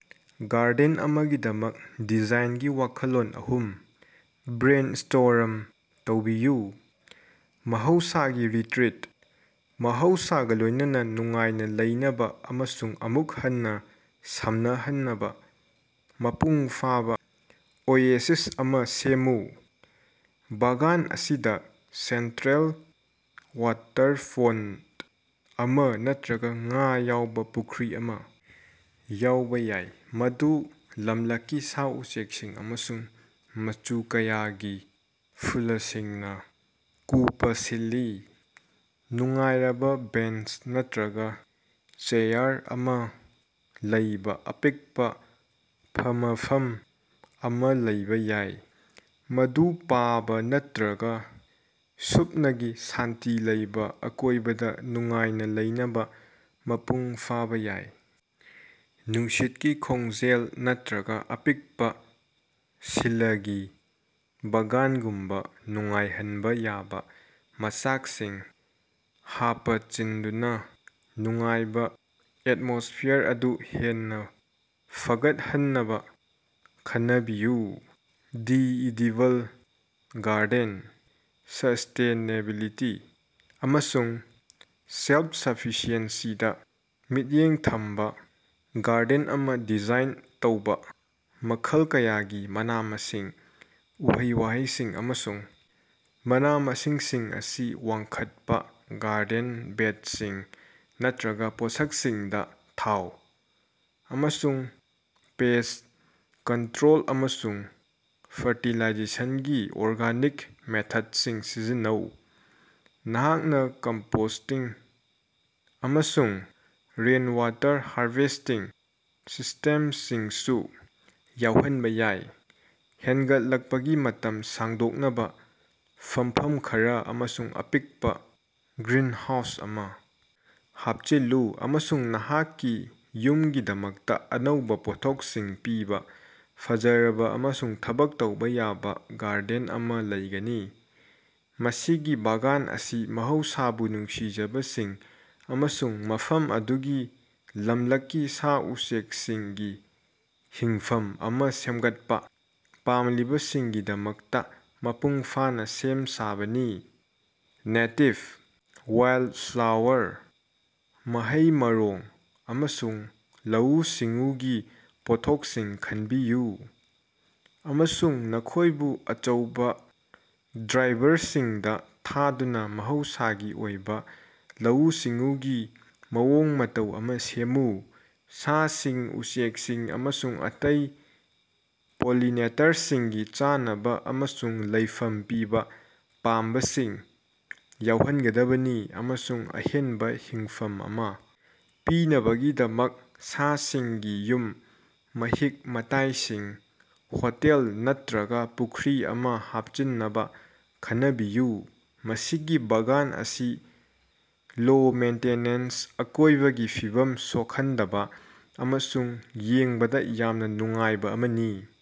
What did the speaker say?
Garden ꯑꯃꯒꯤꯗꯃꯛ ꯗꯤꯖꯥꯏꯟꯒꯤ ꯋꯥꯈꯜꯂꯣꯟ ꯑꯍꯨꯝ ꯕ꯭ꯔꯦꯟꯁ꯭ꯇꯣꯔꯝ ꯇꯧꯕꯤꯌꯨ꯫ ꯃꯍꯧꯁꯥꯒꯤ ꯔꯤꯇ꯭ꯔꯤꯠ: ꯃꯍꯧꯁꯥꯒ ꯂꯣꯏꯅꯅ ꯅꯨꯡꯉꯥꯏꯅ ꯂꯩꯅꯕ ꯑꯃꯁꯨꯡ ꯑꯃꯨꯛ ꯍꯟꯅ ꯁꯝꯅꯍꯟꯅꯕ ꯃꯄꯨꯡ ꯐꯥꯕ ꯑꯣꯌꯦꯁꯤꯁ ꯑꯃ ꯁꯦꯝꯃꯨ꯫ ꯕꯥꯒꯥꯟ ꯑꯁꯤꯗ ꯁꯦꯟꯇ꯭ꯔꯦꯜ ꯋꯥꯇꯔ ꯐꯣꯟꯇ ꯑꯃ ꯅꯠꯇ꯭ꯔꯒ ꯉꯥ ꯌꯥꯎꯕ ꯄꯨꯈ꯭ꯔꯤ ꯑꯃꯥ ꯌꯥꯎꯕ ꯌꯥꯏ꯫ ꯃꯗꯨ ꯂꯝꯂꯛꯀꯤ ꯁꯥ-ꯎꯆꯦꯛꯁꯤꯡ ꯑꯃꯁꯨꯡ ꯃꯆꯨ ꯀꯌꯥꯒꯤ ꯐꯨꯜꯁꯤꯡꯅ ꯀꯨꯄꯁꯤꯜꯂꯤ꯫ ꯅꯨꯡꯉꯥꯏꯔꯕ ꯕꯦꯟꯆ ꯅꯠꯇ꯭ꯔꯒ ꯆꯦꯌꯥꯔ ꯑꯃ ꯂꯩꯕ ꯑꯄꯤꯛꯄ ꯐꯝꯐꯝ ꯑꯃ ꯂꯩꯕ ꯌꯥꯏ꯫ ꯃꯗꯨ ꯄꯥꯕ ꯅꯠꯇ꯭ꯔꯒ ꯁꯨꯞꯅꯒꯤ ꯁꯥꯟꯇꯤ ꯂꯩꯕ ꯑꯀꯣꯏꯕꯗ ꯅꯨꯡꯉꯥꯏꯅ ꯂꯩꯅꯕ ꯃꯄꯨꯡ ꯐꯥꯕ ꯌꯥꯏ꯫ ꯅꯨꯡꯁꯤꯠꯀꯤ ꯈꯣꯡꯖꯦꯜ ꯅꯠꯇ꯭ꯔꯒ ꯑꯄꯤꯛꯄ ꯁꯤꯂꯒꯤ ꯕꯥꯒꯥꯟꯒꯨꯝꯕ ꯅꯨꯡꯉꯥꯏꯍꯟꯕ ꯌꯥꯕ ꯃꯆꯥꯛꯁꯤꯡ ꯍꯥꯞꯆꯤꯟꯗꯨꯅ ꯅꯨꯡꯉꯥꯏꯕ ꯑꯦꯠꯃꯣꯁ꯭ꯐꯤꯌꯥꯔ ꯑꯗꯨ ꯍꯦꯟꯅ ꯐꯒꯠꯍꯟꯅꯕ ꯈꯟꯅꯕꯤꯌꯨ꯫ ꯗꯤ ꯏꯗꯤꯕꯜ ꯒꯥꯔꯗꯦꯟ: ꯁꯁ꯭ꯇꯦꯅꯦꯕꯤꯂꯤꯇꯤ ꯑꯃꯁꯨꯡ ꯁꯦꯜꯐ-ꯁꯐꯤꯁꯤꯑꯦꯟꯁꯤꯗ ꯃꯤꯠꯌꯦꯡ ꯊꯝꯕ ꯒꯥꯔꯗꯦꯟ ꯑꯃ ꯗꯤꯖꯥꯏꯟ ꯇꯧꯕ- ꯃꯈꯜ ꯀꯌꯥꯒꯤ ꯃꯅꯥ-ꯃꯁꯤꯡ, ꯎꯍꯩ-ꯋꯥꯍꯩꯁꯤꯡ ꯑꯃꯁꯨꯡ ꯃꯅꯥ-ꯃꯁꯤꯡꯁꯤꯡ ꯑꯁꯤ ꯋꯥꯡꯈꯠꯄ ꯒꯥꯔꯗꯦꯟ ꯕꯦꯗꯁꯤꯡ ꯅꯠꯇ꯭ꯔꯒ ꯄꯣꯠꯁꯛꯁꯤꯡꯗ ꯊꯥꯎ, ꯑꯃꯁꯨꯡ ꯄꯦꯁ꯭ꯠ ꯀꯟꯇ꯭ꯔꯣꯜ ꯑꯃꯁꯨꯡ ꯐꯔꯇꯤꯂꯥꯏꯖꯦꯁꯟꯒꯤ ꯑꯣꯔꯒꯥꯅꯤꯛ ꯃꯦꯊꯗꯁꯤꯡ ꯁꯤꯖꯤꯟꯅꯧ꯫ ꯅꯍꯥꯛꯅ ꯀꯝꯄꯣꯁ꯭ꯇꯤꯡ ꯑꯃꯁꯨꯡ ꯔꯦꯟꯋꯥꯇꯔ ꯍꯥꯔꯚꯦꯁ꯭ꯇꯤꯡ ꯁꯤꯁ꯭ꯇꯦꯃꯁꯤꯡꯁꯨ ꯌꯥꯎꯍꯟꯕ ꯌꯥꯏ꯫ ꯍꯦꯟꯒꯠꯂꯛꯄꯒꯤ ꯃꯇꯝ ꯁꯥꯡꯗꯣꯛꯅꯕ ꯐꯝꯐꯝ ꯈꯔ ꯑꯃꯁꯨꯡ ꯑꯄꯤꯛꯄ ꯒ꯭ꯔꯤꯅꯍꯥꯎꯁ ꯑꯃ ꯍꯥꯞꯆꯤꯜꯂꯨ ꯑꯃꯁꯨꯡ ꯅꯍꯥꯛꯀꯤ ꯌꯨꯝꯒꯤꯗꯃꯛꯇ ꯑꯅꯧꯕ ꯄꯣꯠꯊꯣꯛꯁꯤꯡ ꯄꯤꯕ ꯐꯖꯔꯕ ꯑꯃꯁꯨꯡ ꯊꯕꯛ ꯇꯧꯕ ꯌꯥꯕ ꯒꯥꯔꯗꯦꯟ ꯑꯃ ꯂꯩꯒꯅꯤ꯫ ꯃꯁꯤꯒꯤ ꯕꯥꯒꯥꯟ ꯑꯁꯤ ꯃꯍꯧꯁꯥꯕꯨ ꯅꯨꯡꯁꯤꯖꯕꯁꯤꯡ ꯑꯃꯁꯨꯡ ꯃꯐꯝ ꯑꯗꯨꯒꯤ ꯂꯝꯂꯛꯀꯤ ꯁꯥ-ꯎꯆꯦꯀꯁꯤꯡꯒꯤ ꯍꯤꯡꯐꯝ ꯑꯃ ꯁꯦꯝꯒꯠꯄ ꯄꯥꯝꯂꯤꯕꯁꯤꯡꯒꯤꯗꯃꯛꯇ ꯃꯄꯨꯡ ꯐꯥꯅ ꯁꯦꯝ ꯁꯥꯕꯅꯤ꯫ꯅꯦꯇꯤꯚ ꯋꯥꯏꯜꯗꯐ꯭ꯂꯥꯋꯥꯔ, ꯃꯍꯩ-ꯃꯔꯣꯡ, ꯑꯃꯁꯨꯡ ꯂꯧꯎ-ꯁꯤꯡꯎꯒꯤ ꯄꯣꯠꯊꯣꯛꯁꯤꯡ ꯈꯟꯕꯤꯌꯨ ꯑꯃꯁꯨꯡ ꯃꯈꯣꯏꯕꯨ ꯑꯆꯧꯕ ꯗ꯭ꯔꯥꯏꯚꯔꯁꯤꯡꯗ ꯊꯥꯗꯨꯅ ꯃꯍꯧꯁꯥꯒꯤ ꯑꯣꯏꯕ ꯂꯧꯎ-ꯁꯤꯡꯎꯒꯤ ꯃꯑꯣꯡ ꯃꯇꯧ ꯑꯃ ꯁꯦꯝꯃꯨ꯫ ꯁꯥꯁꯤꯡ, ꯎꯆꯦꯛꯁꯤꯡ ꯑꯃꯁꯨꯡ ꯑꯇꯩ ꯄꯣꯂꯤꯅꯦꯇꯔꯁꯤꯡꯒꯤ ꯆꯥꯅꯕ ꯑꯃꯁꯨꯡ ꯂꯩꯐꯝ ꯄꯤꯕ ꯄꯥꯝꯕꯤꯁꯤꯡ ꯌꯥꯎꯍꯟꯒꯗꯕꯅꯤ ꯑꯃꯁꯨꯡ ꯑꯍꯦꯟꯕ ꯍꯤꯡꯐꯝ ꯑꯃ ꯄꯤꯅꯕꯒꯤꯗꯃꯛ ꯁꯥꯁꯤꯡꯒꯤ ꯌꯨꯝ, ꯃꯍꯤꯛ-ꯃꯇꯥꯏꯒꯤ ꯍꯣꯇꯦꯜ ꯅꯠꯇꯔꯒ ꯄꯨꯈ꯭ꯔꯤ ꯑꯃ ꯍꯥꯄꯆꯤꯟꯅꯕ ꯈꯟꯅꯕꯤꯌꯨ꯫ ꯃꯁꯤꯒꯤ ꯕꯥꯒꯥꯟ ꯑꯁꯤ ꯂꯣ-ꯃꯦꯟꯇꯦꯅꯦꯟꯁ, ꯑꯀꯣꯏꯕꯒꯤ ꯐꯤꯕꯝ ꯁꯣꯛꯍꯟꯗꯕ ꯑꯃꯁꯨꯡ ꯌꯦꯡꯕꯗ ꯌꯥꯝꯅ ꯅꯨꯡꯉꯥꯏꯕ ꯑꯃꯅꯤ꯫